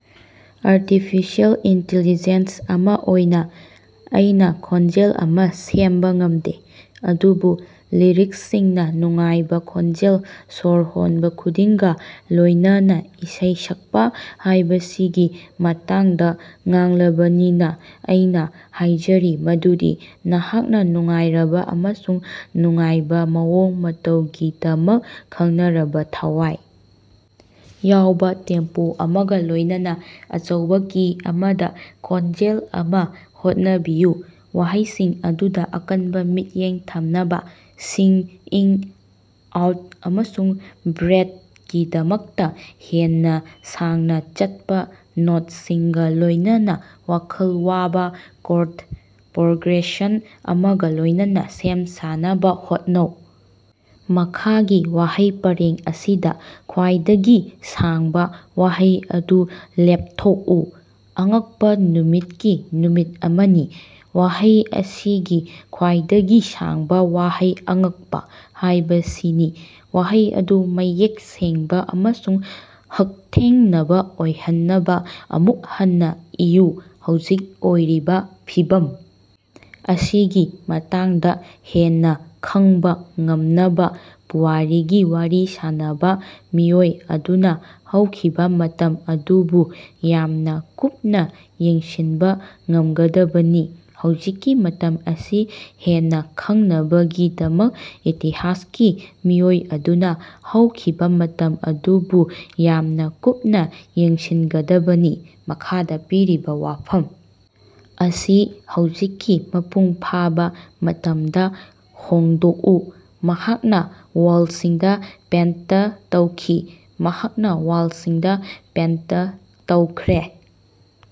Artificial intelligence ꯑꯃꯥ ꯑꯣꯏꯅꯥ ꯑꯩꯅꯥ ꯈꯣꯟꯖꯦꯜ ꯑꯃꯥ ꯁꯦꯝꯕꯥ ꯉꯝꯗꯦ, ꯑꯗꯨꯕꯨ ꯂꯤꯔꯤꯛꯁꯁꯤꯡꯅꯥ ꯅꯨꯡꯉꯥꯏꯕꯥ ꯈꯣꯟꯖꯦꯜ, ꯁ꯭ꯋꯥꯔ ꯍꯣꯟꯕꯥ ꯈꯨꯗꯤꯡꯒꯥ ꯂꯣꯏꯅꯅꯥ ꯏꯁꯩ ꯁꯛꯄꯥ ꯍꯥꯏꯕꯁꯤꯒꯤ ꯃꯇꯥꯡꯗꯥ ꯉꯥꯡꯂꯕꯅꯤꯅꯥ, ꯑꯩꯅꯥ ꯍꯥꯏꯖꯔꯤ ꯃꯗꯨꯗꯤ ꯅꯍꯥꯛꯅꯥ ꯅꯨꯡꯉꯥꯏꯔꯕꯥ ꯑꯃꯁꯨꯡ ꯅꯨꯡꯉꯥꯏꯕꯥ ꯃꯑꯣꯡ ꯃꯇꯧꯒꯤꯗꯃꯛ ꯈꯪꯅꯔꯕꯥ, ꯊꯋꯥꯏ ꯌꯥꯎꯕꯥ ꯇꯦꯝꯄꯣ ꯑꯃꯒꯥ ꯂꯣꯏꯅꯅꯥ ꯑꯆꯧꯕꯥ ꯀꯤ ꯑꯃꯗꯥ ꯈꯣꯟꯖꯦꯜ ꯑꯃꯥ ꯍꯣꯠꯅꯕꯤꯌꯨ꯫ ꯋꯥꯍꯩꯁꯤꯡ ꯑꯗꯨꯗꯥ ꯑꯀꯟꯕꯥ ꯃꯤꯠꯌꯦꯡ ꯊꯝꯅꯕꯥ, ꯁꯤꯡ-ꯏꯪ-ꯑꯥꯎꯠ ꯑꯃꯁꯨꯡ ꯕ꯭ꯔꯦꯠ ꯀꯤꯗꯃꯛꯇꯥ ꯍꯦꯟꯅꯥ ꯁꯥꯡꯅꯥ ꯆꯠꯄꯥ ꯅꯣꯠꯁꯤꯡꯒꯥ ꯂꯣꯏꯅꯅꯥ ꯋꯥꯈꯜ ꯋꯥꯕꯥ ꯀꯣꯔꯗ ꯄ꯭ꯔꯣꯒ꯭ꯔꯦꯁꯟ ꯑꯃꯒꯥ ꯂꯣꯏꯅꯅꯥ ꯁꯦꯝ ꯁꯥꯅꯕꯥ ꯍꯣꯠꯅꯧ꯫ ꯃꯈꯥꯒꯤ ꯋꯥꯍꯩ ꯄꯔꯦꯡ ꯑꯁꯤꯗꯥ ꯈ꯭ꯋꯥꯏꯗꯒꯤ ꯁꯥꯡꯕꯥ ꯋꯥꯍꯩ ꯑꯗꯨ ꯂꯦꯞꯊꯣꯛꯎ꯫ ꯑꯉꯛꯄꯥ ꯅꯨꯃꯤꯠꯀꯤ ꯅꯨꯃꯤꯠ ꯑꯃꯅꯤ꯫ ꯋꯥꯍꯩ ꯑꯁꯤꯒꯤ ꯈ꯭ꯋꯥꯏꯗꯒꯤ ꯁꯥꯡꯕꯥ ꯋꯥꯍꯩ "ꯑꯉꯛꯄꯥ" ꯍꯥꯏꯕꯁꯤꯅꯤ꯫ ꯋꯥꯍꯩ ꯑꯗꯨ ꯃꯌꯦꯛ ꯁꯦꯡꯕꯥ ꯑꯃꯁꯨꯡ ꯍꯛꯊꯦꯡꯅꯕꯥ ꯑꯣꯏꯍꯟꯅꯕꯥ ꯑꯃꯨꯛ ꯍꯟꯅꯥ ꯏꯌꯨ꯫ ꯍꯧꯖꯤꯛ ꯑꯣꯏꯔꯤꯕꯥ ꯐꯤꯚꯝ ꯑꯁꯤꯒꯤ ꯃꯇꯥꯡꯗꯥ ꯍꯦꯟꯅꯥ ꯈꯪꯕꯥ ꯉꯝꯅꯕꯥ ꯄꯨꯋꯥꯔꯤꯒꯤ ꯋꯥꯔꯤ ꯁꯥꯅꯕꯥ ꯃꯤꯑꯣꯏ ꯑꯗꯨꯅꯥ ꯍꯧꯈꯤꯕꯥ ꯃꯇꯝ ꯑꯗꯨꯕꯨ ꯌꯥꯝꯅꯥ ꯀꯨꯞꯅꯥ ꯌꯦꯡꯁꯤꯟꯕꯥ ꯉꯝꯒꯗꯕꯅꯤ꯫ ꯍꯧꯖꯤꯛꯀꯤ ꯃꯇꯝ ꯑꯁꯤ ꯍꯦꯟꯅꯥ ꯈꯪꯅꯕꯒꯤꯗꯃꯛ ꯏꯇꯤꯍꯥꯁꯀꯤ ꯃꯤꯑꯣꯏ ꯑꯗꯨꯅꯥ ꯍꯧꯈꯤꯕꯥ ꯃꯇꯝ ꯑꯗꯨꯕꯨ ꯌꯥꯝꯅꯥ ꯀꯨꯞꯅꯥ ꯌꯦꯡꯁꯤꯟꯒꯗꯕꯅꯤ꯫ꯃꯈꯥꯗꯥ ꯄꯤꯔꯤꯕꯥ ꯋꯥꯐꯝ ꯑꯁꯤ ꯍꯧꯖꯤꯛꯀꯤ ꯃꯄꯨꯡ ꯐꯥꯕꯥ ꯃꯇꯝꯗꯥ ꯍꯣꯡꯗꯣꯛꯎ꯫ ꯃꯍꯥꯛꯅꯥ ꯋꯥꯜꯁꯤꯡꯗꯥ ꯄꯦꯟꯇ ꯇꯧꯈꯤ꯫ ꯃꯍꯥꯛꯅꯥ ꯋꯥꯜꯁꯤꯡꯗꯥ ꯄꯦꯟꯇ ꯇꯧꯈ꯭ꯔꯦ꯫